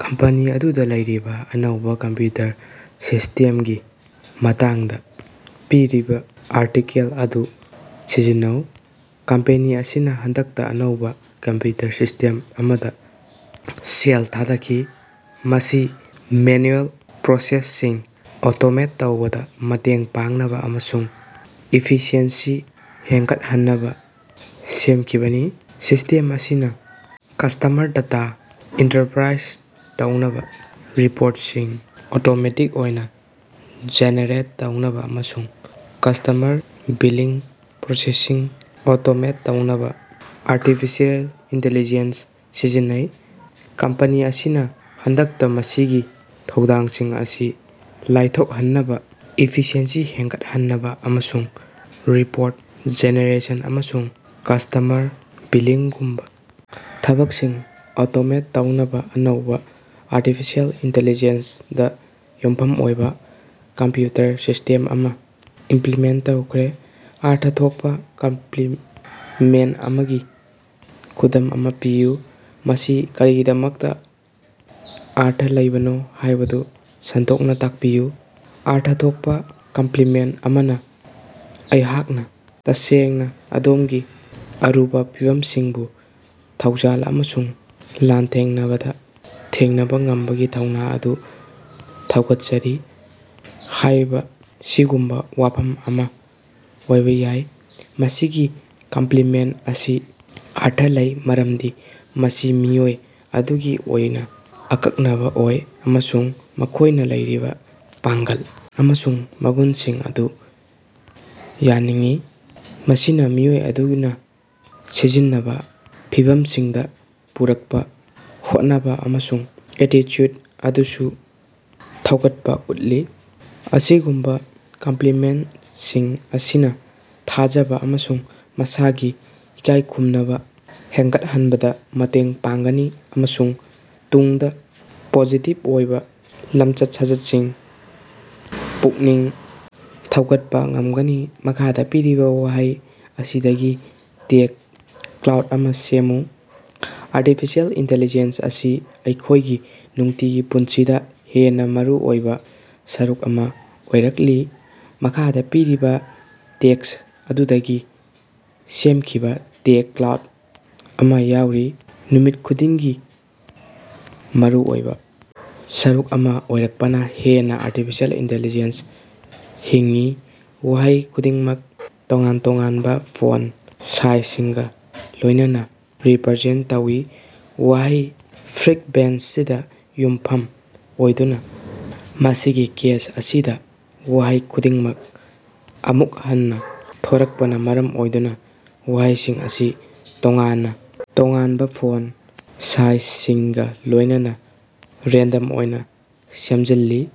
Company ꯑꯗꯨꯗ ꯂꯩꯔꯤꯕ ꯑꯅꯧꯕ ꯀꯝꯄ꯭ꯌꯨꯇꯔ ꯁꯤꯁꯇꯦꯝꯒꯤ ꯃꯇꯥꯡꯗ ꯄꯤꯔꯤꯕ ꯑꯥꯔꯇꯤꯀꯦꯜ ꯑꯗꯨ ꯁꯝꯖꯤꯟꯅꯧ꯫ ꯀꯝꯄꯦꯅꯤ ꯑꯁꯤꯅ ꯍꯟꯗꯛꯇ ꯑꯅꯧꯕ ꯀꯝꯄ꯭ꯌꯨꯇꯔ ꯁꯤꯁꯇꯦꯝ ꯑꯃꯗ ꯁꯦꯜ ꯊꯥꯗꯈꯤ, ꯃꯁꯤ ꯃꯦꯅꯨꯑꯦꯜ ꯄ꯭ꯔꯣꯁꯦꯁꯁꯤꯡ ꯑꯣꯇꯣꯃꯦꯠ ꯇꯧꯕꯗ ꯃꯇꯦꯡ ꯄꯥꯡꯅꯕ ꯑꯃꯁꯨꯡ ꯏꯐꯤꯁꯤꯑꯦꯟꯁꯤ ꯍꯦꯟꯒꯠꯍꯟꯅꯕ ꯁꯦꯝꯈꯤꯕꯅꯤ꯫ ꯁꯤꯁ꯭ꯇꯦꯝ ꯑꯁꯤꯅ ꯀꯁ꯭ꯇꯃꯔ ꯗꯦꯇꯥ ꯏꯟꯇꯔꯄ꯭ꯔꯥꯏꯖ ꯇꯧꯅꯕ, ꯔꯤꯄꯣꯔꯠꯁꯤꯡ ꯑꯣꯇꯣꯃꯦꯇꯤꯛ ꯑꯣꯏꯅ ꯖꯦꯅꯦꯔꯦꯠ ꯇꯧꯅꯕ ꯑꯃꯁꯨꯡ ꯀꯁ꯭ꯇꯃꯔ ꯕꯤꯂꯤꯡ ꯄ꯭ꯔꯣꯁꯦꯁꯁꯤꯡ ꯑꯣꯇꯣꯃꯦꯇꯦꯗ ꯇꯧꯅꯕ ꯑꯥꯔꯇꯤꯐꯤꯁꯤꯑꯦꯜ ꯏꯟꯇꯤꯂꯤꯖꯦꯟꯁ ꯁꯤꯖꯤꯟꯅꯩ꯫ ꯀꯝꯄꯦꯅꯤ ꯑꯁꯤꯅ ꯍꯟꯗꯛꯇ ꯃꯁꯤꯒꯤ ꯊꯧꯑꯣꯡꯁꯤꯡ ꯑꯁꯤ ꯂꯥꯏꯊꯣꯛꯍꯟꯅꯕ, ꯏꯐꯤꯁꯤꯑꯦꯟꯁꯤ ꯍꯦꯟꯒꯠꯍꯟꯅꯕ, ꯑꯃꯁꯨꯡ ꯔꯤꯄꯣꯔꯠ ꯖꯦꯅꯦꯔꯦꯁꯟ ꯑꯃꯁꯨꯡ ꯀꯁꯇꯃꯔ ꯕꯤꯂꯤꯡꯒꯨꯝꯕ ꯊꯕꯛꯁꯤꯡ ꯑꯣꯇꯣꯃꯦꯠ ꯇꯧꯅꯕ ꯑꯅꯧꯕ ꯑꯥꯔꯇꯤꯐꯤꯁꯦꯜ ꯏꯟꯇꯤꯂꯤꯖꯦꯟꯠ ꯗ ꯌꯨꯝꯐꯝ ꯑꯣꯏꯕ ꯀꯝꯄ꯭ꯌꯨꯇꯔ ꯁꯤꯁꯇꯦꯝ ꯑꯃ ꯏꯝꯄ꯭ꯂꯤꯃꯦꯟꯠ ꯇꯧꯈ꯭ꯔꯦ꯫ ꯑꯔꯊ ꯊꯣꯛꯄ ꯀꯝꯄ꯭ꯂꯤꯃꯦꯟꯠ ꯑꯃꯒꯤ ꯈꯨꯗꯝ ꯑꯃ ꯄꯤꯌꯨ꯫ ꯃꯁꯤ ꯀꯔꯤꯒꯤꯗꯃꯛꯇ ꯑꯔꯊ ꯂꯩꯕꯅꯣ ꯍꯥꯏꯕꯗꯨ ꯁꯟꯗꯣꯛꯅ ꯇꯥꯛꯄꯤꯌꯨ꯫ ꯑꯔꯊ ꯊꯣꯛꯄ ꯀꯝꯄ꯭ꯂꯤꯃꯦꯟꯠ ꯑꯃꯅ "ꯑꯩꯍꯥꯛꯅ ꯇꯁꯦꯡꯅ ꯑꯗꯣꯝꯒꯤ ꯑꯔꯨꯕ ꯐꯤꯚꯝꯁꯤꯡꯕꯨ ꯊꯧꯖꯥꯜ ꯑꯃꯁꯨꯡ ꯂꯥꯟꯊꯦꯡꯅꯕꯗ ꯊꯦꯡꯅꯕ ꯉꯝꯕꯒꯤ ꯊꯧꯅꯥ ꯑꯗꯨ ꯊꯥꯒꯠꯆꯔꯤ" ꯍꯥꯏꯕꯁꯤꯒꯨꯝꯕ ꯋꯥꯐꯝ ꯑꯃ ꯑꯣꯏꯕ ꯌꯥꯏ꯫ ꯃꯁꯤꯒꯤ ꯀꯝꯄ꯭ꯂꯤꯃꯦꯟꯠ ꯑꯁꯤ ꯑꯔꯊ ꯂꯩ ꯃꯔꯝꯗꯤ ꯃꯁꯤ ꯃꯤꯑꯣꯏ ꯑꯗꯨꯒꯤ ꯑꯣꯏꯅ ꯑꯀꯛꯅꯕ ꯑꯣꯏ ꯑꯃꯁꯨꯡ ꯃꯈꯣꯏꯅ ꯂꯩꯔꯤꯕ ꯄꯥꯡꯒꯜ ꯑꯃꯁꯨꯡ ꯃꯒꯨꯟꯁꯤꯡ ꯑꯗꯨ ꯌꯥꯅꯤꯡꯏ꯫ ꯃꯁꯤꯅ ꯃꯤꯑꯣꯏ ꯑꯗꯨꯅ ꯁꯤꯡꯅꯕ ꯐꯤꯚꯝꯁꯤꯡꯗ ꯄꯨꯔꯛꯄ ꯍꯣꯠꯅꯕ ꯑꯃꯁꯨꯡ ꯑꯦꯇꯤꯆꯨꯗ ꯑꯗꯨꯁꯨ ꯊꯥꯒꯠꯄ ꯎꯠꯂꯤ꯫ ꯑꯁꯤꯒꯨꯝꯕ ꯀꯝꯄ꯭ꯂꯤꯃꯦꯟꯠꯁꯤꯡ ꯑꯁꯤꯅ ꯊꯥꯖꯕ ꯑꯃꯁꯨꯡ ꯃꯁꯥꯒꯤ ꯏꯀꯥꯏ ꯈꯨꯝꯅꯕ ꯍꯦꯟꯒꯠꯍꯟꯕꯗ ꯃꯇꯦꯡ ꯄꯥꯡꯒꯅꯤ ꯑꯃꯁꯨꯡ ꯇꯨꯡꯗ ꯄꯣꯖꯤꯇꯤꯕ ꯑꯣꯏꯕ ꯂꯝꯆꯠ-ꯁꯥꯖꯠꯁꯤꯡ ꯄꯨꯛꯅꯤꯡ ꯊꯧꯒꯠꯄ ꯉꯝꯒꯅꯤ꯫ ꯃꯈꯥꯗ ꯄꯤꯔꯤꯕ ꯋꯥꯍꯩ ꯑꯁꯤꯗꯒꯤ ꯇꯦꯒ ꯀ꯭ꯂꯥꯎꯗ ꯑꯃ ꯁꯦꯝꯃꯨ꯫ ꯑꯥꯔꯇꯤꯐꯤꯁꯤꯑꯦꯜ ꯏꯟꯇꯦꯂꯤꯖꯦꯟꯁ ꯑꯁꯤ ꯑꯩꯈꯣꯏꯒꯤ ꯅꯨꯡꯇꯤꯒꯤ ꯄꯨꯟꯁꯤꯗ ꯍꯦꯟꯅ ꯃꯔꯨꯑꯣꯏꯕ ꯁꯔꯨꯛ ꯑꯃ ꯑꯣꯏꯔꯛꯂꯤ꯫ ꯃꯈꯥꯗ ꯄꯤꯔꯤꯕ ꯇꯦꯛꯁ ꯑꯗꯨꯗꯒꯤ ꯁꯦꯝꯈꯤꯕ ꯇꯦꯒ ꯀ꯭ꯂꯥꯎꯗ ꯑꯃ ꯌꯥꯎꯔꯤ: ꯅꯨꯃꯤꯠ ꯈꯨꯗꯤꯡꯒꯤ ꯃꯔꯨꯑꯣꯏꯕ ꯁꯔꯨꯛ ꯑꯃ ꯑꯣꯏꯔꯛꯄꯅ ꯍꯦꯟꯅ ꯑꯥꯔꯇꯤꯐꯤꯁꯤꯑꯦꯜ ꯏꯟꯇꯦꯂꯤꯖꯦꯟꯁ ꯍꯤꯡꯏ ꯋꯥꯍꯩ ꯈꯨꯗꯤꯡꯃꯛ ꯇꯣꯉꯥꯟ ꯇꯣꯉꯥꯟꯕ ꯐꯣꯟꯠ ꯁꯥꯏꯖꯁꯤꯡꯒ ꯂꯣꯏꯅꯅ ꯔꯤꯄꯔꯖꯦꯟꯠ ꯇꯧꯏ, ꯋꯥꯍꯩ ꯐ꯭ꯔꯤꯛꯕꯦꯟꯁꯤꯗ ꯌꯨꯝꯐꯝ ꯑꯣꯏꯗꯨꯅ꯫ ꯃꯁꯤꯒꯤ ꯀꯦꯁ ꯑꯁꯤꯗ ꯋꯥꯍꯩ ꯈꯨꯗꯤꯡꯃꯛ ꯑꯃꯨꯛ ꯍꯟꯅ ꯊꯣꯔꯛꯄꯅ ꯃꯔꯝ ꯑꯣꯏꯗꯨꯅ ꯋꯥꯍꯩꯁꯤꯡ ꯑꯁꯤ ꯇꯣꯉꯥꯟ ꯇꯣꯉꯥꯟꯕ ꯐꯣꯟꯠ ꯁꯥꯏꯖꯁꯤꯡꯒ ꯂꯣꯏꯅꯅ ꯔꯦꯟꯗꯝ ꯑꯣꯏꯅ ꯁꯦꯝꯖꯤꯜꯂꯤ꯫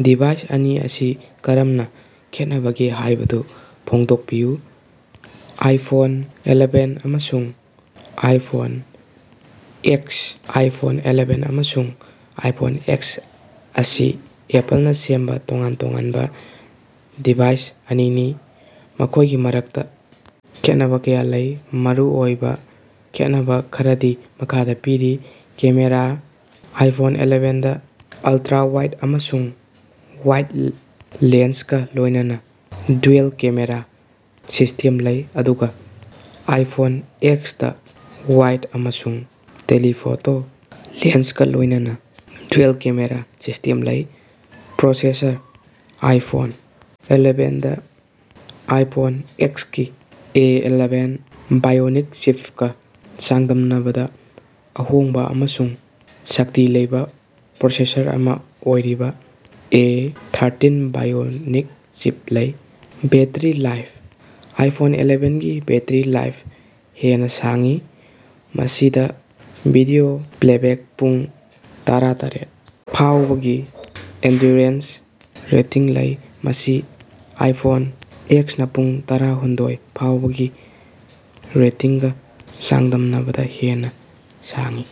ꯗꯤꯚꯥꯏꯁ ꯑꯅꯤ ꯑꯁꯤ ꯀꯔꯝꯅ ꯈꯦꯠꯅꯕꯒꯦ ꯍꯥꯏꯕꯗꯨ ꯐꯣꯡꯗꯣꯛꯄꯤꯌꯨ꯫ ꯑꯥꯏꯐꯣꯟ ꯑꯦꯂꯦꯚꯦꯟ ꯑꯃꯁꯨꯡ ꯑꯥꯏꯐꯣꯟ ꯑꯦꯛꯁ ꯑꯥꯏꯐꯣꯟ ꯑꯦꯂꯦꯚꯦꯟ ꯑꯃꯁꯨꯡ ꯑꯥꯏꯐꯣꯟ ꯑꯦꯛꯁ ꯑꯁꯤ ꯑꯦꯄꯜꯅ ꯁꯦꯝꯕ ꯇꯣꯉꯥꯟ ꯇꯣꯉꯥꯟꯕ ꯗꯤꯚꯥꯏꯁ ꯑꯅꯤꯅꯤ, ꯃꯈꯣꯏꯒꯤ ꯃꯔꯛꯇ ꯈꯦꯠꯅꯕ ꯀꯌꯥ ꯂꯩ꯫ ꯃꯔꯨꯑꯣꯏꯕ ꯈꯦꯠꯅꯕ ꯈꯔꯗꯤ ꯃꯈꯥꯗ ꯄꯤꯔꯤ꯫ ꯀꯦꯃꯦꯔꯥ: ꯑꯥꯏꯐꯣꯟ ꯑꯦꯂꯦꯚꯦꯟꯗ ꯑꯜꯇ꯭ꯔꯥꯋꯥꯏꯗ ꯑꯃꯁꯨꯡ ꯋꯥꯏꯗ ꯂꯦꯟꯁꯀ ꯂꯣꯏꯅꯅ ꯗ꯭ꯌꯨꯑꯦꯜ-ꯀꯦꯃꯦꯔꯥ ꯁꯤꯁꯇꯦꯝ ꯂꯩ, ꯑꯗꯨꯒ ꯑꯥꯏꯐꯣꯟ ꯑꯦꯛꯁꯇ ꯋꯥꯏꯗ ꯑꯃꯁꯨꯡ ꯇꯦꯂꯤꯐꯣꯇꯣ ꯂꯦꯟꯁꯀ ꯂꯣꯏꯅꯅ ꯗ꯭ꯌꯨꯑꯦꯜ ꯀꯦꯃꯦꯔꯥ ꯁꯤꯁ꯭ꯇꯦꯝ ꯂꯩ꯫ ꯄ꯭ꯔꯣꯁꯦꯁꯔ: ꯑꯥꯏꯐꯣꯟ ꯑꯦꯂꯦꯚꯦꯟꯗ ꯑꯥꯏꯐꯣꯟ ꯑꯦꯛꯁꯀꯤ ꯑꯦ ꯑꯦꯂꯦꯚꯦꯟ ꯕꯥꯏꯑꯣꯅꯤꯛ ꯆꯤꯞꯀ ꯆꯥꯡꯗꯝꯅꯕꯗ ꯑꯍꯣꯡꯕ ꯑꯃꯁꯨꯡ ꯁꯛꯇꯤ ꯂꯩꯕ ꯄ꯭ꯔꯣꯁꯦꯁꯔ ꯑꯃ ꯑꯣꯏꯔꯤꯕ ꯑꯦ ꯊꯔꯇꯤꯟ ꯕꯥꯏꯑꯣꯅꯤꯛ ꯆꯤꯞ ꯂꯩ꯫ ꯕꯦꯠꯇꯔꯤ ꯂꯥꯏꯐ: ꯑꯥꯏꯐꯣꯟ ꯑꯦꯂꯦꯚꯦꯟꯒꯤ ꯕꯦꯠꯇꯔꯤ ꯂꯥꯏꯐ ꯍꯦꯟꯅ ꯁꯥꯡꯏ, ꯃꯁꯤꯗ ꯚꯤꯗꯤꯑꯣ ꯄ꯭ꯂꯦꯕꯦꯛ ꯄꯨꯡ ꯇꯔꯥꯇꯔꯦꯠ ꯐꯥꯑꯣꯕꯒꯤ ꯑꯦꯟꯗꯨꯔꯦꯟꯁ ꯔꯦꯇꯤꯡ ꯂꯩ, ꯃꯁꯤ ꯑꯥꯏꯐꯣꯟ ꯑꯦꯛꯁꯅ ꯄꯨꯡ ꯇꯔꯥꯍꯨꯝꯗꯣꯏ ꯐꯥꯎꯕꯒꯤ ꯔꯦꯇꯤꯡꯒ ꯆꯥꯡꯗꯝꯅꯕꯗ ꯍꯦꯟꯅ ꯁꯥꯡꯏ꯫